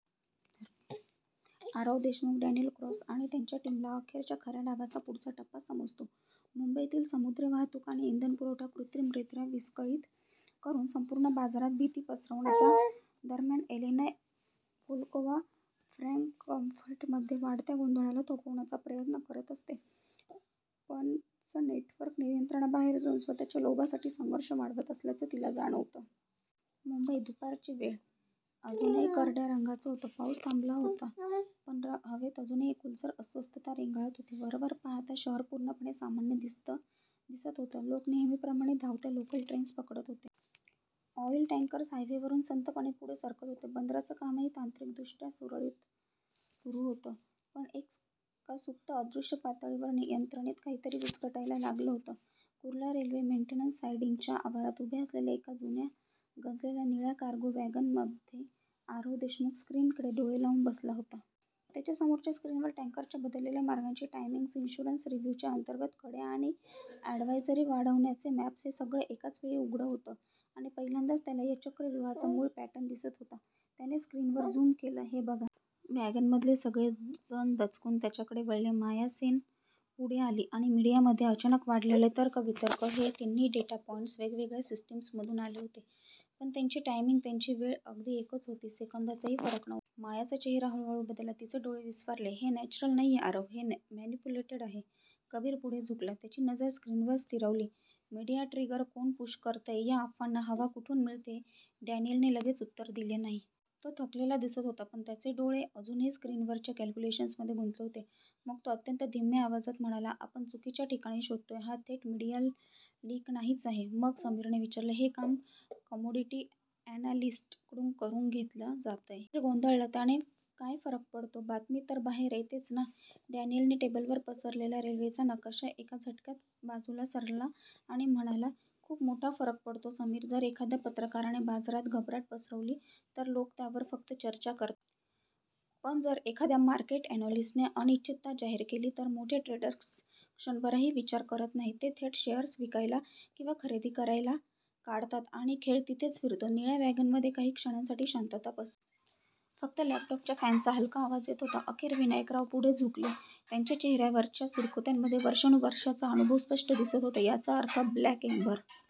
Aarav Deshmukh, Daniel Cross आणि त्यांच्या टीमला अखेर च्या खऱ्या डावाचा पुढचा टप्पा समजतो मुंबईतील समुद्री वाहतूक आणि इंधन पुरवठा कृत्रिमरीत्या विस्कळीत करून संपूर्ण बाजारात भीती पसरवण्याचा. दरम्यान एलेना व्होल्कोव्हा फ्रँकफर्टमध्ये वाढत्या गोंधळाला थोपवण्याचा प्रयत्न करत असते, पण चं नेटवर्क नियंत्रणाबाहेर जाऊन स्वतःच्या लोभासाठी संघर्ष वाढवत असल्याचं तिला जाणवतं. मुंबई, दुपारची वेळ. आकाश अजूनही करड्या रंगाचं होतं. पाऊस थांबला होता, पण हवेत अजूनही एक ओलसर अस्वस्थता रेंगाळत होती. वरवर पाहता शहर पूर्णपणे सामान्य दिसत होतं. लोक नेहमीप्रमाणे धावत्या लोकल ट्रेन्स पकडत होते. ऑईल टँकर्स हायवेवरून संथपणे पुढे सरकत होते. बंदरांचं कामही तांत्रिकदृष्ट्या सुरळीत सुरू होतं. पण एका सुप्त, अदृश्य पातळीवर यंत्रणेत काहीतरी विस्कटायला लागलं होतं. कुर्ला रेल्वे मेंटेनन्स सायडिंगच्या आवारात उभ्या असलेल्या एका जुन्या, गंजलेल्या निळ्या कार्गो वॅगनमध्ये आरव देशमुख स्क्रीनकडे डोळे लावून बसला होता. त्याच्या समोरच्या स्क्रीनवर टँकर्सच्या बदललेल्या मार्गांची टायमिंग्स, इन्शुरन्स रिव्ह्यूच्या अंतर्गत कड्या आणि अॅडव्हायझरी वाढवण्याचे मॅप्स हे सगळं एकाच वेळी उघडं होतं आणि पहिल्यांदाच त्याला या चक्रव्यूहाचा मूळ पॅटर्न दिसत होता. त्याने स्क्रीनवर झूम केलं, "हे बघा. " वॅगनमधले सगळे जण दचकून त्याच्याकडे वळले. माया सेन पुढे आली आणि मीडियामध्ये अचानक वाढलेले तर्कवितर्क हे तिन्ही डेटा पॉइंट्स वेगवेगळ्या सिस्टीम्समधून आले होते, पण त्यांची टायमिंग त्यांची वेळ अगदी एकच होती. सेकंदाचाही फरक नव्हता. मायाचा चेहरा हळूहळू बदलला. तिचे डोळे विस्फारले. "हे नॅचरल नाहीये आरव हे मॅनिपुलेटेड आहे." कबीर पुढे झुकला. त्याची नजर स्क्रीनवर स्थिरावली. "मीडिया ट्रिगर कोण पुश करतंय? या अफवांना हवा कुठून मिळतेय? " डॅनियलने लगेच उत्तर दिलं नाही. तो थकलेला दिसत होता, पण त्याचे डोळे अजूनही स्क्रीनवरच्या कॅल्क्युलेशन्समध्ये गुंतले होते. मग तो अत्यंत धीम्या आवाजात म्हणाला, "आपण चुकीच्या ठिकाणी शोधतोय. हा थेट मीडिया लीक नाहीच आहे." "मग? " समीरने विचारलं. "हे काम 'कमोडिटी अॅनालिस्ट्स' कडून करून घेतलं जातंय. " समीर गोंधळला, "त्याने काय फरक पडतो? बातमी तर बाहेर येतेच ना? " डॅनियलने टेबलवर पसरलेला रेल्वेचा नकाशा एका झटक्यात बाजूला सारला आणि म्हणाला, "खूप मोठा फरक पडतो समीर. जर एखाद्या पत्रकाराने बाजारात घबराट पसरवली तर लोक त्यावर फक्त चर्चा करतात. पण जर एखाद्या मार्केट अॅनालिस्टने अनिश्चितता जाहीर केली. तर मोठे ट्रेडर्स क्षणभरही विचार करत नाहीत. ते थेट शेअर्स विकायला किंवा खरेदी करायला काढतात आणि खेळ तिथेच फिरतो. " निळ्या वॅगनमध्ये काही क्षणांसाठी शांतता पसरली. फक्त लॅपटॉपच्या फॅन्सचा हलका आवाज येत होता. अखेर विनायकराव पुढे झुकले. त्यांच्या चेहऱ्यावरच्या सुरकुत्यांमध्ये वर्षानुवर्षांचा अनुभव स्पष्ट दिसत होता." याचा अर्थ 'ब्लॅक एम्बर'